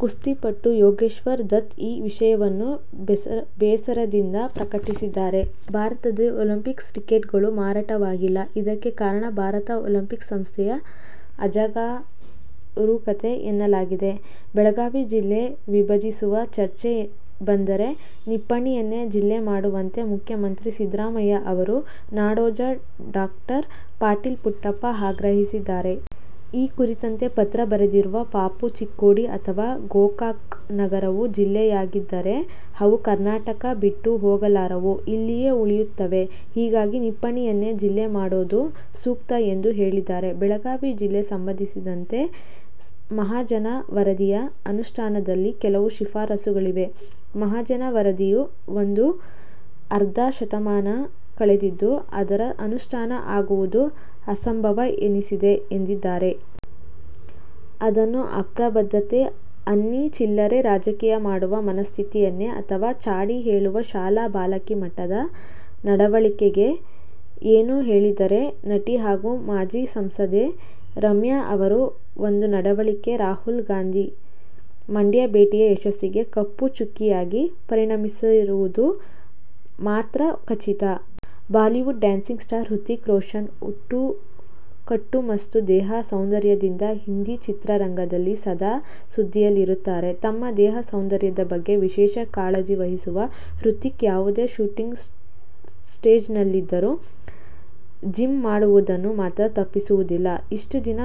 ಕುಸ್ತಿಪಟು ಯೋಗೇಶ್ವರ್ ದತ್ ಈ ವಿಷಯವನ್ನು ಬೇಸರದಿಂದ ಪ್ರಕಟಿಸಿದ್ದಾರೆ. ಭಾರತದಲ್ಲಿ ಒಲಿಂಪಿಕ್ಸ್ ಟಿಕೆಟ್ಗಳು ಮಾರಾಟವಾಗಿಲ್ಲ. ಇದಕ್ಕೆ ಕಾರಣ ಭಾರತ ಒಲಿಂಪಿಕ್ಸ್ ಸಂಸ್ಥೆಯ ಅಜಾಗರೂಕತೆ ಎನ್ನಲಾಗಿದೆ. ಬೆಳಗಾವಿ ಜಿಲ್ಲೆ ವಿಭಜಿಸುವ ಚರ್ಚೆ ಬಂದರೆ ನಿಪ್ಪಾಣಿಯನ್ನೇ ಜಿಲ್ಲೆ ಮಾಡುವಂತೆ ಮುಖ್ಯಮಂತ್ರಿ ಸಿದ್ದರಾಮಯ್ಯ ಅವರಿಗೆ ನಾಡೋಜ ಡಾ. ಪಾಟೀಲ ಪುಟ್ಟಪ್ಪ ಆಗ್ರಹಿಸಿದ್ದಾರೆ. ಈ ಕುರಿತಂತೆ ಪತ್ರ ಬರೆದಿರುವ ಪಾಪು, ಚಿಕ್ಕೋಡಿ ಅಥವಾ ಗೋಕಾಕ ನಗರವು ಜಿಲ್ಲೆಯಾಗದಿದ್ದರೆ ಅವು ಕರ್ನಾಟಕ ಬಿಟ್ಟು ಹೋಗಲಾರವು, ಇಲ್ಲಿಯೇ ಉಳಿಯುತ್ತವೆ. ಹೀಗಾಗಿ ನಿಪ್ಪಾಣಿಯನ್ನೇ ಜಿಲ್ಲೆ ಮಾಡೋದು ಸೂಕ್ತ ಎಂದು ಹೇಳಿದ್ದಾರೆ. ಬೆಳಗಾವಿ ಜಿಲ್ಲೆ ಸಂಬಂಧಿಸಿದಂತೆ ಮಹಾಜನ ವರದಿಯ ಅನುಷ್ಠಾನದಲ್ಲಿ ಕೆಲವು ಶಿಫಾರಸುಗಳಿವೆ. ಮಹಾಜನ ವರದಿಯು ಬಂದು ಅರ್ಧ ಶತಮಾನ ಕಳೆದಿದ್ದು, ಅದರ ಅನುಷ್ಠಾನ ಆಗುವುದು ಅಸಂಭವ ಎನಿಸಿದೆ ಎಂದಿದ್ದಾರೆ. ಅದನ್ನು ಅಪ್ರಬುದ್ದತೆ ಅನ್ನಿ, ಚಿಲ್ಲರೆ ರಾಜಕೀಯ ಮಾಡುವ ಮನಸ್ಥಿತಿಯೆನ್ನಿ ಅಥವಾ ಚಾಡಿ ಹೇಳುವ ಶಾಲಾ ಬಾಲಕಿ ಮಟ್ಟದ ನಡವಳಿಕೆಹೀಗೆ ಏನು ಹೇಳಿದರೂ ನಟಿ ಹಾಗೂ ಮಾಜಿ ಸಂಸದೆ ರಮ್ಯಾ ಅವರ ಒಂದು ನಡವಳಿಕೆ ರಾಹುಲ್ ಗಾಂಧಿ ಮಂಡ್ಯ ಭೇಟಿಯ ಯಶಸ್ಸಿಗೆ ಕಪ್ಪು ಚುಕ್ಕೆಯಾಗಿ ಪರಿಣಮಿಸಿರುವುದು ಮಾತ್ರ ಖಚಿತ. Bollywood dancing star Hrithik Roshan ಕಟ್ಟುಮಸ್ತು ದೇಹ ಸೌಂದರ್ಯದಿಂದ ಹಿಂದಿ ಚಿತ್ರರಂಗದಲ್ಲಿ ಸದಾ ಸುದ್ದಿಯಲ್ಲಿರುತ್ತಾರೆ. ತಮ್ಮ ದೇಹ ಸೌಂದರ್ಯದ ಬಗ್ಗೆ ವಿಶೇಷ ಕಾಳಜಿವಹಿಸುವ ಹೃತಿಕ್, ಯಾವುದೇ ಶೂಟಿಂಗ್ ಸ್ಟಾಟ್ ನಲ್ಲಿದ್ದರೂ ಜಿಮ್ ಮಾಡುವುದನ್ನು ಮಾತ್ರ ತಪ್ಪಿಸುವುದಿಲ್ಲ. ಇಷ್ಟು ದಿನ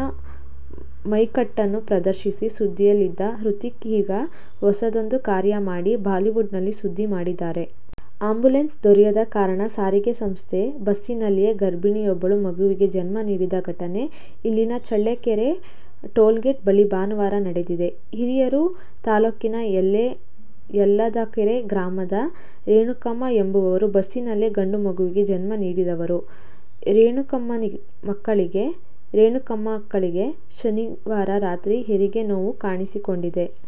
ಮೈಕಟ್ಟನ್ನು ಪ್ರದರ್ಶಿಸಿ ಸುದ್ದಿಯಲ್ಲಿದ್ದ ಹೃತಿಕ್ ಈಗ ಹೊಸದೊಂದು ಕಾರ್ಯ ಮಾಡಿ ಬಾಲಿವುಡ್ ನಲ್ಲಿ ಸುದ್ದು ಮಾಡಿದ್ದಾರೆ. ಆ್ಯಂಬುಲೆನ್ಸ್ ದೊರೆಯದ ಕಾರಣ ಸಾರಿಗೆ ಸಂಸ್ಥೆ ಬಸ್ನಲ್ಲಿಯೇ ಗರ್ಭಿಣಿಯೊಬ್ಬಳು ಮಗುವಿಗೆ ಜನ್ಮ ನೀಡಿದ ಘಟನೆ ಇಲ್ಲಿನ ಚಳ್ಳಕೆರೆ ಟೋಲ್ಗೇಟ್ ಬಳಿ ಭಾನುವಾರ ನಡೆದಿದೆ. ಹಿರಿಯೂರು ತಾಲೂಕಿನ ಯಲ್ಲದಕೆರೆ ಗ್ರಾಮದ ರೇಣುಕಮ್ಮ ಎಂಬುವವರು ಬಸ್ನಲ್ಲೇ ಗಂಡು ಮಗುವಿಗೆ ಜನ್ಮ ನೀಡಿದವರು. ರೇಣುಕಮ್ಮಳಿಗೆ ಶನಿವಾರ ರಾತ್ರಿ ಹೆರಿಗೆ ನೋವು ಕಾಣಿಸಿಕೊಂಡಿದೆ.